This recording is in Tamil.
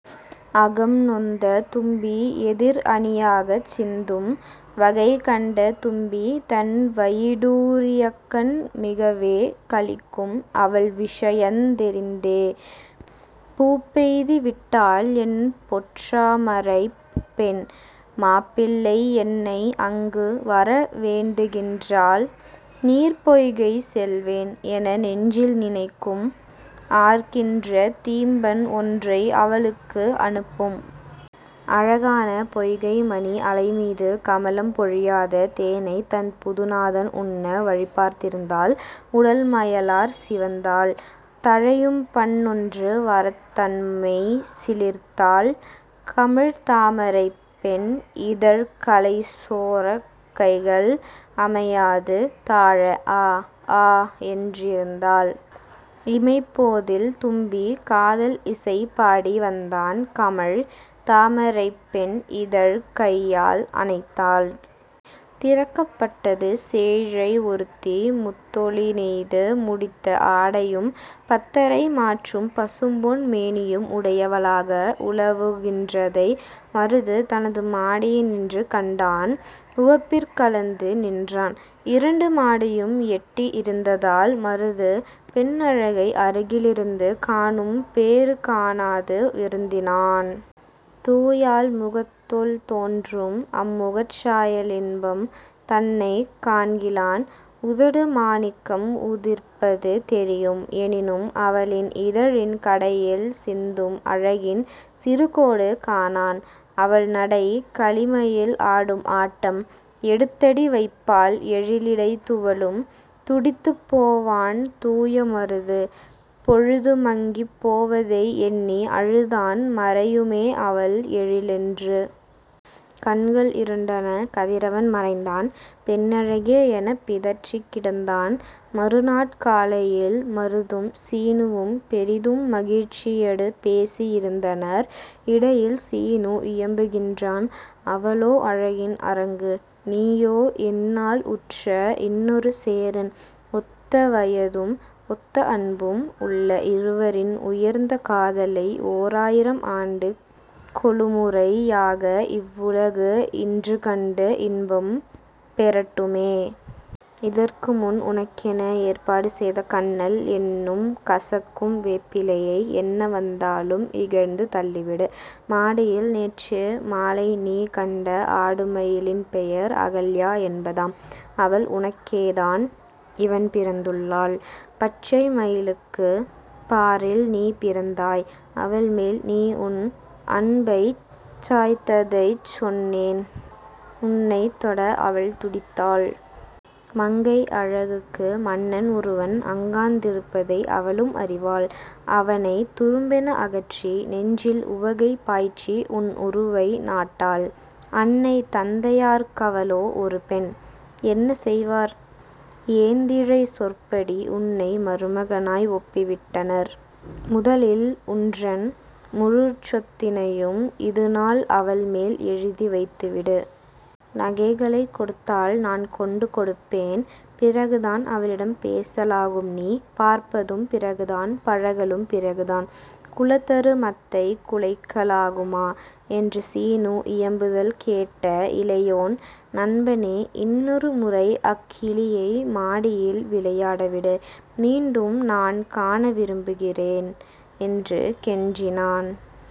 அகம் நொந்த தும்பி எதிர் அணியாகச் சிந்தும்! வகை கண்ட தும்பி தன் வயிடூரியக்கண் மிகவே களிக்கும் அவள் விஷயந் தெரிந்தே! 'பூப்பெய்தி விட்டாள்என் பொற்றாமரைப் பெண் மாப்பிள்ளை என்னை அங்கு வர வேண்டுகின்றாள் நீர்ப்பொய்கை செல்வேன்' என நெஞ்சில் நினைக்கும்; ஆர்க்கின்ற தீம்பண் ஒன்றை அவளுக் கனுப்பும்! அழகான பொய்கை மணி அலைமீது கமலம் பொழியாத தேனைத் தன் புதுநாதன் உண்ண வழிபார்த் திருந்தாள் உடல் மயலாற் சிவந்தாள்! தழையும்பண் ணொன்று வரத் தன்மெய் சிலிர்த்தாள். கமழ் தாமரைப் பெண் இதழ்க் கலைசோரக் கைகள் அமையாது தாழ ஆ! ஆ!! என்றிருந்தாள். இமைப்போதில் தும்பி காதல் இசை பாடி வந்தான் கமழ் தாமரைப் பெண் இதழ்க் கையால் அணைத்தாள். திறக்கப் பட்டது; சேயிழை ஒருத்தி, முத்தொளி நெய்து முடித்த ஆடையும், பத்தரை மாற்றுப் பசும்பொன் மேனியும் உடையவ ளாக உலவு கின்றதை 'மருது' தனது மாடியி னின்று கண்டான்; உவப்பிற் கலந்து நின்றான்! இரண்டு மாடியும் எட்டி இருந்ததால் மருது, பெண்ணழகை அருகி லிருந்து காணும் பேறு காணாது வருந்தினான்! தூயாள் முகத்தொளி தோன்றும்; அம்முகச் சாயலின்பம் தன்னைக் காண்கிலான்! உதடு மாணிக்கம் உதிர்ப்பது தெரியும்; எனினும் அவளின் இதழின் கடையில் சிந்தும் அழகின் சிறுகோடு காணான்! அவள்நடை, களிமயில் ஆடும் ஆட்டம்! எடுத்தடி வைப்பாள், எழிலிடை துவளும்; துடித்துப் போவான் தூய மருது! பொழுது மங்கிப் போவதை எண்ணி அழுதான் மறையுமே அவள் எழில்என்று! கண்கள் இருண்டன! கதிரவன் மறைந்தான்! பெண்ணழகே எனப் பிதற்றிக் கிடந்தான். மறுநாட் காலையில் மருதும் சீனுவும் பெரிதும் மகிழ்ச்சியடு பேசி யிருந்தனர். இடையில் சீனு இயம்பு கின்றான்: 'அவளோ அழகின் அரங்கு! நீயோ இந்நாள் உற்ற இன்னொரு சேரன்; ஒத்த வயதும், ஒத்த அன்பும், உள்ள இருவரின் உயர்ந்த காதலை ஓராயிரம் ஆண்டுக் கொருமுறை யாக இவ்வுலகு இன்றுகண்டு இன்பம் பெறட்டுமே! இதற்குமுன் உனக்கென ஏற்பாடு செய்த 'கன்னல்' என்னும் கசக்கும் வேப்பிலையை என்ன வந்தாலும் இகழ்ந்து தள்ளிவிடு! மாடியில், நேற்று மாலைநீ கண்ட ஆடுமயி லின்பெயர் அகல்யா என்பதாம், அவள் உனக்கேதான் இவண்பிறந் துள்ளாள்; பச்சை மயிலுக்குப் பாரில்நீ பிறந்தாய்; அவள்மேல் நீஉன் அன்பைச் சாய்த்ததைச் சொன்னேன்; உன்னைத்தொட அவள் துடித்தாள். மங்கை அழகுக்கு மன்னன் ஒருவன் அங்காந் திருப்பதை அவளும் அறிவாள்; அவனைத் துரும்பென அகற்றி, நெஞ்சில் உவகை பாய்ச்சிஉன் உருவை நட்டாள்! அன்னை தந்தையர்க் கவளோ ஒருபெண், என்ன செய்வார்? ஏந்திழை சொற்படி உன்னை மருகனாய் ஒப்பி விட்டனர். முதலில் உன்றன் முழுச்சொத் தினையும் இதுநாள் அவள்மேல் எழுதி வைத்துவிடு! நகைகளைக் கொடுத்தால் நான்கொண்டு கொடுப்பேன். பிறகுதான் அவளிடம் பேச லாகும்நீ! பார்ப்பதும் பிறகுதான்! பழகலும் பிறகுதான்! குலதரு மத்தைக் குலைக்க லாகுமா? என்று சீனு இயம்புதல் கேட்ட இளையோன் 'நண்பனே இன்னொரு முறைஅக் கிளியை மாடியில் விளையாட விடு; மீண்டும் நான்காண விரும்பு கின்றேன். ' என்று கெஞ்சினான்!